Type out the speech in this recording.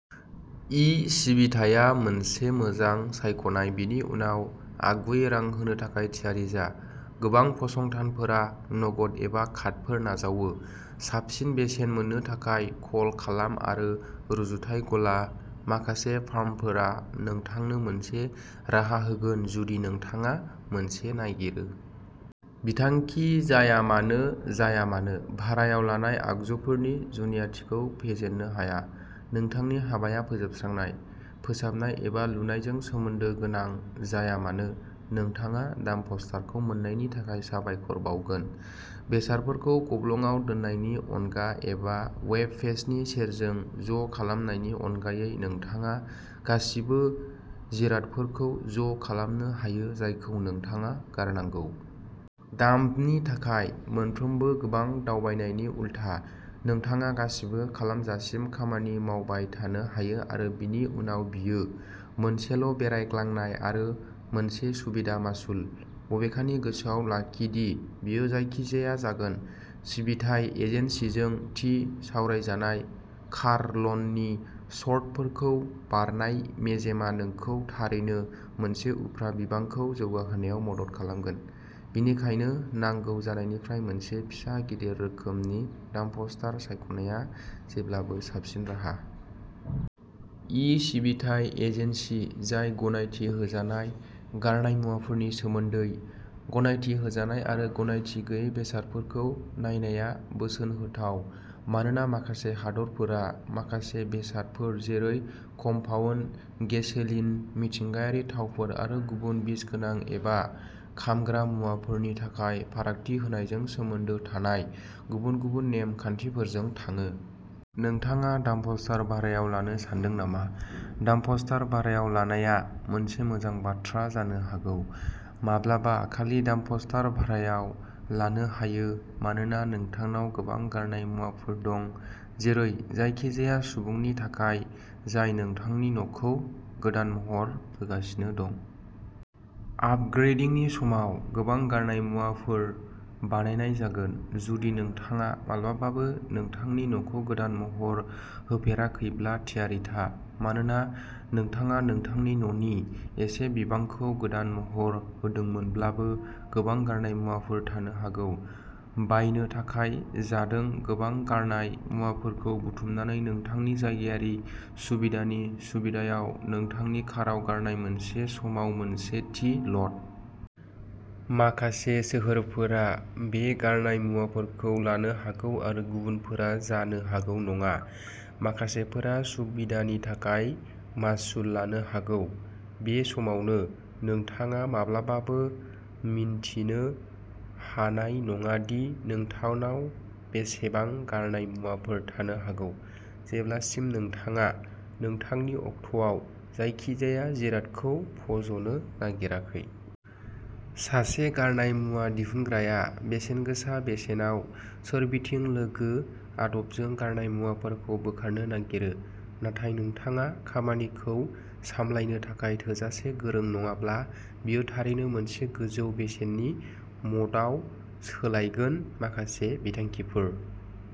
E सिबिथाया मोनसे मोजां सायख'नाय बेनि उनाव, आगुयै रां होनो थाखाय थियारि जा। गोबां फसंथानफोरा नगद एबा कार्डफोर नाजावो। साबसिन बेसेन मोननो थाखाय, कल खालाम आरो रुजुथाय गला। माखासे फार्मफोरा नोंथांनो मोनसे राहा होगोन जुदि नोंथाङा मोनसे नागिरो। बिथांखि जायामानो जाया मानो, भारायाव लानाय आगजुफोरनि जुनियाथिखौ फेजेननो हाया। नोंथांनि हाबाया फोजोबस्रांनाय, फोसाबनाय एबा लुनायजों सोमोन्दो गोनां जाया मानो, नोंथाङा डाम्पस्टारखौ मोन्नायनि थाखाय साबायखर बावगोन। बेसादफोरखौ गब्लंआव दोननायनि अनगा एबा वेब पेजनि सेरजों ज'खालामनायनि अनगायै नोंथाङा गासिबो जिरादफोरखौ ज' खालामनो हायो जायखौ नोंथाङा गारनांगौ। डाम्पनि थाखाय सानफ्रोमबो गोबां दावबायनायनि उलथा, नोंथाङा गासिबो खालामजासिम खामानि मावबाय थानो हायो आरो बेनि उनाव बेयो मोनसेल'बेरायग्लांनाय आरो मोनसे सुबिदा मासुल। बबेखानि गोसोआव लाखि दि बेयो जायखिजाया जागोन। सिबिथाय एजेन्सिजों थि सावरायजानाय कार लननि सर्तफोरखौ बारनाय मेजेमआ नोंखौ थारैनो मोनसे उफ्रा बिबांखौ जौगाहोनायाव मदद खालामगोन, बेनिखायनो नांगौ जानायनिफ्राय मोनसे फिसा गिदिर रोखोमनि डाम्पस्टार सायख'नाया जेब्लाबो साबसिन राहा। इ सिबिथाइ एजेन्सि जाय गनायथि होजानाय गारनाय मुवाफोरनि सोमोन्दै। गनायथि होजानाय आरो गनायथि गैयै बेसादफोरखौ नायनाया बोसोन होथाव मानोना माखासे हादोरफोरा माखासे बेसादफोर जेरै कम्पाउन्ड, गेसोलिन, मिथिंगायारि थावफोर आरो गुबुन बिसगोनां एबा खामग्रा मुवाफोरनि थाखाय फारागथि होनायजों सोमोन्दो थानाय गुबुन-गुबुन नेम-खान्थिफोरजों थाङो। नोंथाङा डाम्पस्टार भारायाव लानो सान्दों नामा? डाम्पस्टार भारायाव लानाया मोनसे मोजां बाथ्रा जानो हागौ। माब्लाबा खालि डाम्पस्टार भारायाव लानो हायो मानोना नोंथांनाव गोबां गारनाय मुवाफोर दं। जेरै जायखिजाया सुबुंनि थाखाय जाय नोंथांनि न'खौ गोदान महर होगासिनो दं। आपग्रेदिंनि समाव। गोबां गारनाय मुवाफोर बानायनाय जागोन। जुदि नोंथाङा माब्लाबाबो नोंथांनि न'खौ गोदान महर होफेराखैब्ला थियारि था, मानोना नोंथाङा नोंथांनि न'नि एसे बिबांखौ गोदान महर होदोंमोनब्लाबो गोबां गारनाय मुवाफोर थानो हागौ। बायनो थाखाय जादों गोबां गारनाय मुवाफोरखौ बुथुमनानै नोंथांनि जायगायारि सुबिदानि सुबिदायाव नोंथांनि काराव गारनाय, मोनसे समाव मोनसे थि ल'ड। माखासे सोहोरफोरा बे गारनाय मुवाफोरखौ लानो हागौ आरो गुबुनफोरा जानो हागौ नङा। माखासेफोरा सुबिदानि थाखाय मासुल लानो हागौ। बे समावनो, नोंथाङा माब्लाबाबो मिन्थिनो हानाय नङा दि नोंथांनाव बेसेबां गारनाय मुवाफोर थानो हागौ, जेब्लासिम नोंथाङा नोंथांनि अट'आव जायखिजाया जिरादखौ फज'नो नागिराखै। सासे गारनाय मुवा दिहुनग्राया बेसेनगोसा बेसेनाव सोरबिथिं लोगो आदबजों गारनाय मुवाफोरखौ बोखारनो नागिरो, नाथाय नोंथाङा खामानिखौ सामलायनो थाखाय थोजासे गोरों नङाब्ला बेयो थारैनो मोनसे गोजौ बेसेननि मदआव सोलायगोन माखासे बिथांखिफोर।